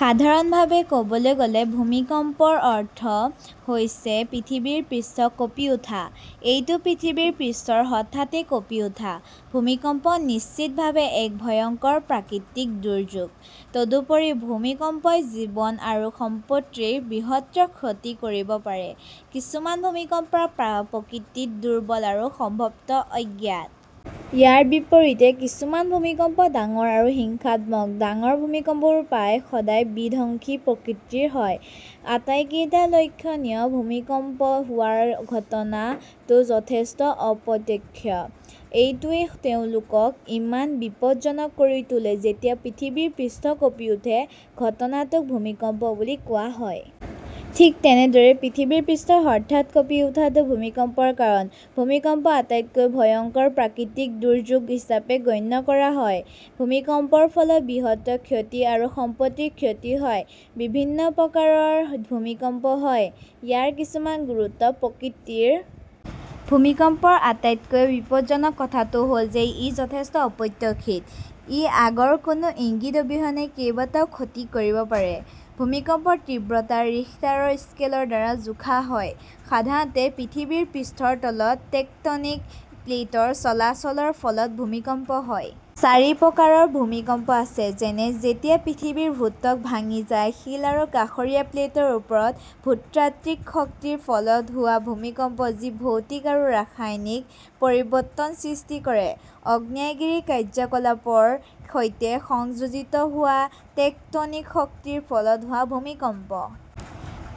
সাধাৰণভাৱে ক'বলৈ গ'লে, ভূমিকম্পৰ অৰ্থ হৈছে পৃথিৱীৰ পৃষ্ঠ কঁপি উঠা। এইটো পৃথিৱীৰ পৃষ্ঠৰ হঠাতে কঁপি উঠা। ভূমিকম্প নিশ্চিতভাৱে এক ভয়ংকৰ প্ৰাকৃতিক দুৰ্যোগ। তদুপৰি, ভূমিকম্পই জীৱন আৰু সম্পত্তিৰ বৃহৎ ক্ষতি কৰিব পাৰে। কিছুমান ভূমিকম্প প্ৰকৃতিত দুৰ্বল আৰু সম্ভৱতঃ অজ্ঞাত। ইয়াৰ বিপৰীতে, কিছুমান ভূমিকম্প ডাঙৰ আৰু হিংসাত্মক। ডাঙৰ ভূমিকম্পবোৰ প্ৰায় সদায় বিধ্বংসী প্ৰকৃতিৰ হয়। আটাইতকৈ লক্ষণীয়, ভূমিকম্প হোৱাৰ ঘটনা টো যথেষ্ট অপ্ৰত্যাশিত। এইটোৱেই তেওঁলোকক ইমান বিপদজনক কৰি তোলে। যেতিয়া পৃথিৱীৰ পৃষ্ঠ কঁপি উঠে, ঘটনাটোক ভূমিকম্প বুলি কোৱা হয়। ঠিক তেনেদৰে, পৃথিৱীৰ পৃষ্ঠৰ হঠাৎ কঁপি উঠাটো ভূমিকম্পৰ কাৰণ। ভূমিকম্পক আটাইতকৈ ভয়ংকৰ প্ৰাকৃতিক দুৰ্যোগ হিচাপে গণ্য কৰা হয়। ভূমিকম্পৰ ফলত বৃহৎ ক্ষতি আৰু সম্পত্তিৰ ক্ষতি হয়। বিভিন্ন প্ৰকাৰৰ ভূমিকম্প হয়। ইয়াৰ কিছুমান গুৰুতৰ প্ৰকৃতিৰ। ভূমিকম্পৰ আটাইতকৈ বিপদজনক কথাটো হ'ল যে ই যথেষ্ট অপ্ৰত্যাশিত। ই আগৰ কোনো ইংগিত অবিহনে কেইবাটাও ক্ষতি কৰিব পাৰে। ভূমিকম্পৰ তীব্ৰতা ৰিখটাৰৰ স্কেলৰ দ্বাৰা জোখা হয়। সাধাৰণতে, পৃথিৱীৰ পৃষ্ঠৰ তলত টেকটনিক প্লেটৰ চলাচলৰ ফলত ভূমিকম্প হয়। চাৰি প্ৰকাৰৰ ভূমিকম্প আছে যেনে – যেতিয়া পৃথিৱীৰ ভূত্বক ভাঙি যায় শিল আৰু কাষৰীয়া প্লেটৰ ওপৰত ভূতাত্ত্বিক শক্তিৰ ফলত হোৱা ভূমিকম্প যি ভৌতিক আৰু ৰাসায়নিক পৰিৱৰ্তনসৃষ্টি কৰে। আগ্নেয়গিৰিৰ কাৰ্যকলাপৰ সৈতে সংযোজিত হোৱা টেকটনিক শক্তিৰ ফলত হোৱা ভূমিকম্প।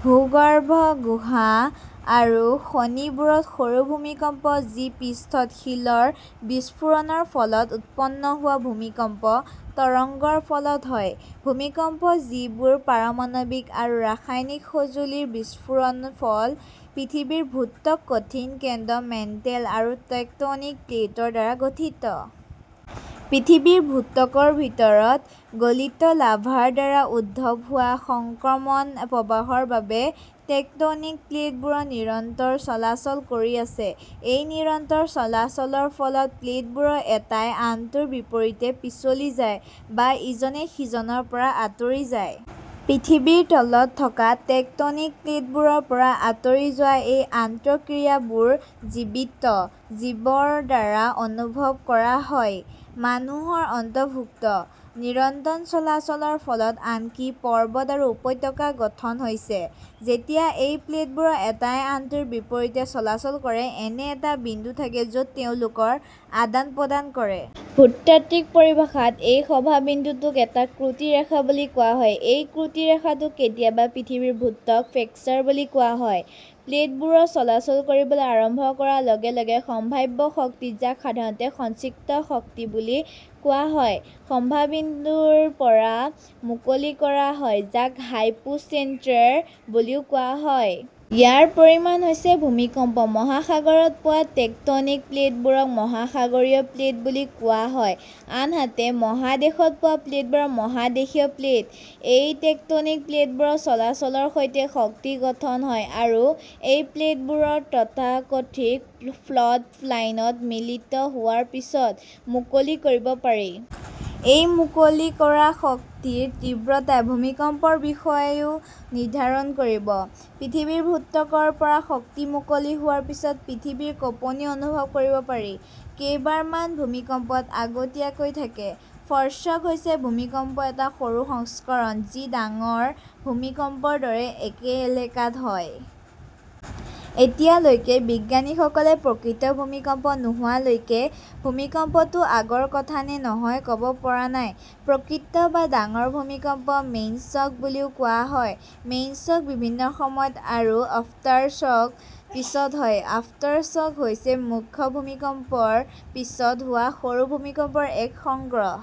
ভূগৰ্ভস্থ গুহা আৰু খনিবোৰত সৰু ভূমিকম্প যিপৃষ্ঠত শিলৰ বিস্ফোৰণৰ ফলত উৎপন্ন হোৱা ভূমিকম্পৰ তৰংগৰ ফলত হয়। ভূমিকম্প যিবোৰ পাৰমাণৱিক আৰু ৰাসায়নিক সঁজুলিৰ বিস্ফোৰণৰ ফল। পৃথিৱীৰ ভূত্বক কঠিন কেন্দ্ৰ, মেণ্টেল আৰু টেকটনিক প্লেটৰ দ্বাৰা গঠিত। পৃথিৱীৰ ভূত্বকৰ ভিতৰত গলিত লাভাৰ দ্বাৰা উদ্ভৱ হোৱা সংক্ৰমণ প্ৰবাহৰ বাবে টেকটনিক প্লেটবোৰ নিৰন্তৰ চলাচল কৰি আছে। এই নিৰন্তৰ চলাচলৰ ফলত প্লেটবোৰ এটায়ে আনটোৰ বিপৰীতে পিছলি যায় বা ইজনে সিজনৰ পৰা আঁতৰি যায়। পৃথিৱীৰ তলত থকা টেকটনিক প্লেটবোৰৰ পৰা আঁতৰি যোৱা এই আন্তঃক্ৰিয়াবোৰ জীৱিত জীৱৰ দ্বাৰা অনুভৱ কৰা হয়, মানুহ অন্তৰ্ভুক্ত। নিৰন্তৰ চলাচলৰ ফলত আনকি পৰ্বত আৰু উপত্যকা গঠন হৈছে। যেতিয়া এই প্লেটবোৰ এটাই আনটোৰ বিপৰীতে চলাচল কৰে, এনে এটা বিন্দু থাকে য'ত তেওঁলোকে আদান-প্ৰদান কৰে। ভূতাত্ত্বিক পৰিভাষাত, এই সভাবিন্দুটোক এটা ত্ৰুটি ৰেখা বুলি কোৱা হয়। এই ত্ৰুটি ৰেখাটোক কেতিয়াবা পৃথিৱীৰ ভূত্বকত ফ্ৰেকচাৰ বুলি কোৱা হয়। প্লেটবোৰ চলাচল কৰিবলৈ আৰম্ভ কৰাৰ লগে লগে, সাম্ভাব্য শক্তি, যাক সাধাৰণতে সঞ্চিত শক্তি বুলি কোৱা হয়, সভাবিন্দুৰ পৰা মুকলি কৰা হয়, যাক হাইপোচেণ্টাৰ বুলি কোৱা হয়। ইয়াৰ পৰিণাম হৈছে ভূমিকম্প। মহাসাগৰত পোৱা টেকটনিক প্লেটবোৰক মহাসাগৰীয় প্লেট বুলি কোৱা হয় আনহাতে মহাদেশত পোৱা প্লেটবোৰ মহাদেশীয় প্লেট। এই টেকটনিক প্লেটবোৰৰ চলাচলৰ সৈতে, শক্তি গঠন হয় আৰু এই প্লেটবোৰ তথাকথিত ফল্ট লাইনত মিলিত হোৱাৰ পিছত মুকলি কৰিব পাৰি। এই মুকলি কৰা শক্তিৰ তীব্ৰতাই ভূমিকম্পৰ বিষয়েও নিৰ্ধাৰণ কৰিব। পৃথিৱীৰ ভূত্বকৰ পৰা শক্তি মুকলি হোৱাৰ পিছত পৃথিৱীৰ কঁপনি অনুভৱ কৰিব পাৰি। কেইবাৰমান ভূমিকম্পত আগতীয়া কৈ থাকে। ফ'ৰশ্বক হৈছে ভূমিকম্পৰ এটা সৰু সংস্কৰণ যি ডাঙৰ ভূমিকম্পৰ দৰে একে এলেকাত হয়। এতিয়ালৈকে, বিজ্ঞানীসকলে প্ৰকৃত ভূমিকম্প নোহোৱালৈকে ভূমিকম্প টো আগৰ কথা নে নহয় ক'ব পৰা নাই। প্ৰকৃত বা ডাঙৰ ভূমিকম্পক মেইনশ্বক বুলি কোৱা হয়। মেইনশ্বক, বিভিন্ন সময়ত, এটা আফটাৰশ্বকৰ পিছত হয়। আফটাৰশ্বক হৈছে মুখ্য ভূমিকম্পৰ পিছত হোৱা সৰু ভূমিকম্পৰ এক সংগ্ৰহ।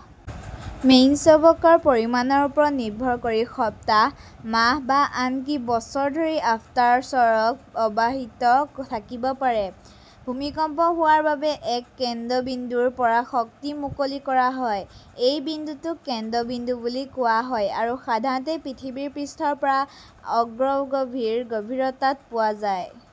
মেইনশ্বকৰ পৰিমাণৰ ওপৰত নিৰ্ভৰ কৰি, সপ্তাহ, মাহ বা আনকি বছৰধৰি আফটাৰশ্বক অব্যাহত থাকিব পাৰে। ভূমিকম্প হোৱাৰ বাবে, এক কেন্দ্ৰবিন্দুৰ পৰা শক্তি মুকলি কৰা হয়। এই বিন্দুটোক কেন্দ্ৰবিন্দু বুলি কোৱা হয় আৰু সাধাৰণতে পৃথিৱীৰ পৃষ্ঠৰ পৰা অগভীৰ গভীৰতাত পোৱা যায়।